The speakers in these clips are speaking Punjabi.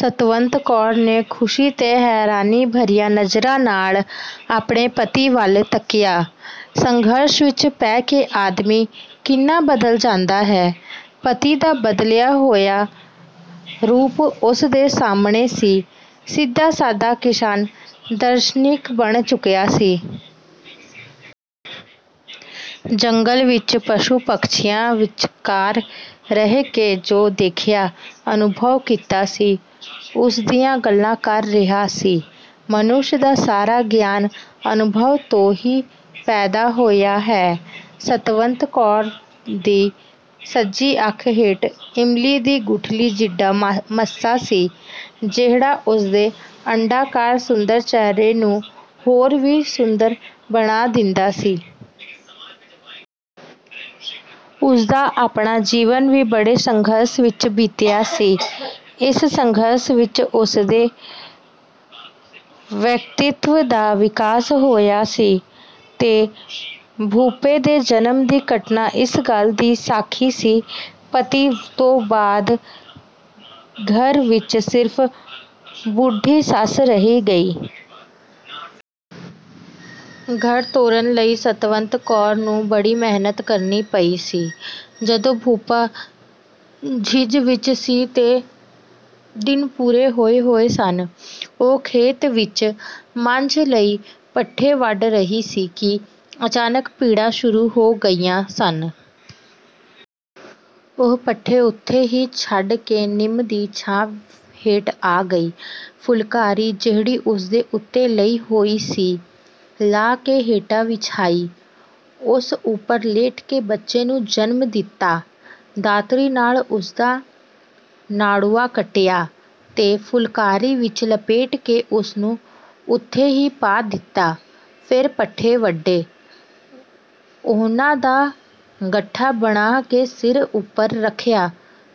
ਸਤਵੰਤ ਕੌਰ ਨੇ ਖੁਸ਼ੀ ਤੇ ਹੈਰਾਨੀ ਭਰੀਆਂ ਨਜ਼ਰਾਂ ਨਾਲ ਆਪਣੇ ਪਤੀ ਵੱਲ ਤੱਕਿਆ। ਸੰਘਰਸ਼ ਵਿੱਚ ਪੈ ਕੇ ਆਦਮੀ ਕਿੰਨਾ ਬਦਲ ਜਾਂਦਾ ਹੈ! ਪਤੀ ਦਾ ਬਦਲਿਆ ਹੋਇਆ ਰੂਪ ਉਸ ਦੇ ਸਾਹਮਣੇ ਸੀ। ਸਿੱਧਾ-ਸਾਦਾ ਕਿਸਾਨ ਦਾਰਸ਼ਨੀਕ ਬਣ ਚੁੱਕਿਆ ਸੀ। ਜੰਗਲ ਵਿੱਚ ਪਸ਼ੂ-ਪੰਛੀਆਂ ਵਿਚਕਾਰ ਰਹਿ ਕੇ ਜੋ ਦੇਖਿਆ, ਅਨੁਭਵ ਕੀਤਾ ਸੀ, ਉਸਦੀਆਂ ਗੱਲਾਂ ਕਰ ਰਿਹਾ ਸੀ। ਮਨੁੱਖ ਦਾ ਸਾਰਾ ਗਿਆਨ ਅਨੁਭਵ ਤੋਂ ਹੀ ਪੈਦਾ ਹੋਇਆ ਹੈ। ਸਤਵੰਤ ਕੌਰ ਦੀ ਸੱਜੀ ਅੱਖ ਹੇਠ ਇਮਲੀ ਦੀ ਗੁਠਲੀ ਜਿੱਡਾ ਮੱਸਾ ਸੀ, ਜਿਹੜਾ ਉਸਦੇ ਅੰਡਾ-ਕਾਰ ਸੁੰਦਰ ਚਿਹਰੇ ਨੂੰ ਹੋਰ ਵੀ ਸੁੰਦਰ ਬਣਾ ਦਿੰਦਾ ਸੀ। ਉਸਦਾ ਆਪਣਾ ਜੀਵਨ ਵੀ ਬੜੇ ਸੰਘਰਸ਼ ਵਿੱਚ ਬੀਤਿਆ ਸੀ। ਇਸ ਸੰਘਰਸ਼ ਵਿੱਚ ਹੀ ਉਸਦੇ ਵਿਅਕਤੀਤਵ ਦਾ ਵਿਕਾਸ ਹੋਇਆ ਸੀ ਤੇ ਭੂਪੇ ਦੇ ਜਨਮ ਦੀ ਘਟਨਾ ਇਸ ਗੱਲ ਦੀ ਸਾਖੀ ਸੀ। ਪਤੀ ਤੋਂ ਬਾਅਦ ਘਰ ਵਿੱਚ ਸਿਰਫ ਬੁੱਢੀ ਸੱਸ ਰਹਿ ਗਈ। ਘਰ ਤੋਰਨ ਲਈ ਸਤਵੰਤ ਕੌਰ ਨੂੰ ਬੜੀ ਮਿਹਨਤ ਕਰਨੀ ਪਈ ਸੀ। ਜਦੋਂ ਭੂਪਾ ਢਿੱਡ ਵਿੱਚ ਸੀ ਤੇ ਦਿਨ ਪੂਰੇ ਹੋਏ ਹੋਏ ਸਨ, ਉਹ ਖੇਤ ਵਿੱਚ ਮੱਝ ਲਈ ਪੱਠੇ ਵੱਢ ਰਹੀ ਸੀ ਕਿ ਅਚਾਨਕ ਪੀੜਾਂ ਸ਼ੁਰੂ ਹੋ ਗਈਆਂ ਸਨ। ਉਹ ਪੱਠੇ ਉੱਥੇ ਹੀ ਛੱਡ ਕੇ ਨਿੰਮ ਦੀ ਛਾਂ ਹੇਠ ਆ ਗਈ। ਫੁਲਕਾਰੀ, ਜਿਹੜੀ ਉਸਨੇ ਉੱਤੇ ਲਈ ਹੋਈ ਸੀ, ਲਾਹ ਕੇ ਹੇਠਾਂ ਵਿਛਾਈ। ਉਸ ਉੱਪਰ ਲੇਟ ਕੇ ਬੱਚੇ ਨੂੰ ਜਨਮ ਦਿੱਤਾ, ਦਾਤਰੀ ਨਾਲ ਉਸਦਾ ਨਾੜੂਆ ਕੱਟਿਆ ਤੇ ਫੁਲਕਾਰੀ ਵਿੱਚ ਲਪੇਟ ਕੇ ਉਸਨੂੰ ਉੱਥੇ ਹੀ ਪਾ ਦਿੱਤਾ, ਫੇਰ ਪੱਠੇ ਵੱਢੇ, ਉਹਨਾਂ ਦਾ ਗੱਠਾ ਬੰਣਾ ਕੇ ਸਿਰ ਉੱਪਰ ਰੱਖਿਆ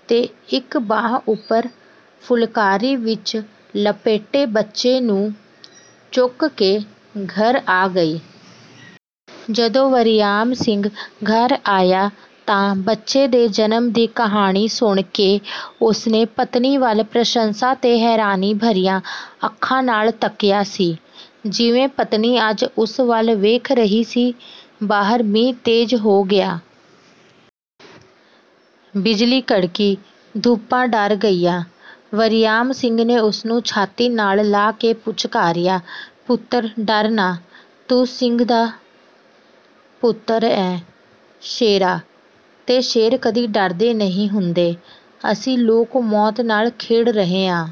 ਤੇ ਇੱਕ ਬਾਂਹ ਉੱਪਰ ਫੁਲਕਾਰੀ ਵਿੱਚ ਲਪੇਟੇ ਬੱਚੇ ਨੂੰ ਚੁੱਕ ਕੇ ਘਰ ਆ ਗਈ। ਜਦੋਂ ਵਰਿਆਮ ਸਿੰਘ ਘਰ ਆਇਆ ਤਾਂ ਬੱਚੇ ਦੇ ਜਨਮ ਦੀ ਕਹਾਣੀ ਸੁਣ ਕੇ ਉਸਨੇ ਪਤਨੀ ਵੱਲ ਪ੍ਰਸ਼ੰਸਾ ਤੇ ਹੈਰਾਨੀ ਭਰੀਆਂ ਅੱਖਾਂ ਨਾਲ ਤੱਕਿਆ ਸੀ, ਜਿਵੇਂ ਪਤਨੀ ਅੱਜ ਉਸ ਵੱਲ ਦੇਖ ਰਹੀ ਸੀ। ਬਾਹਰ ਮੀਂਹ ਤੇਜ਼ ਹੋ ਗਿਆ। ਬਿਜਲੀ ਕੜਕੀ। ਭੂਪਾ ਡਰ ਗਿਆ। ਵਰਿਆਮ ਸਿੰਘ ਨੇ ਉਸਨੂੰ ਛਾਤੀ ਨਾਲ ਲਾ ਕੇ ਪੁਚਕਾਰਿਆ, "ਪੁੱਤਰ ਡਰ ਨਾ। ਤੂੰ ਸਿੰਘ ਦਾ ਪੁੱਤਰ ਏਂ ਸ਼ੇਰਾ, ਤੇ ਸ਼ੇਰ ਕਦੀ ਡਰਦੇ ਨਹੀਂ ਹੁੰਦੇ। ਅਸੀਂ ਲੋਕ ਮੌਤ ਨਾਲ ਖੇਡ ਰਹੇ ਆਂ।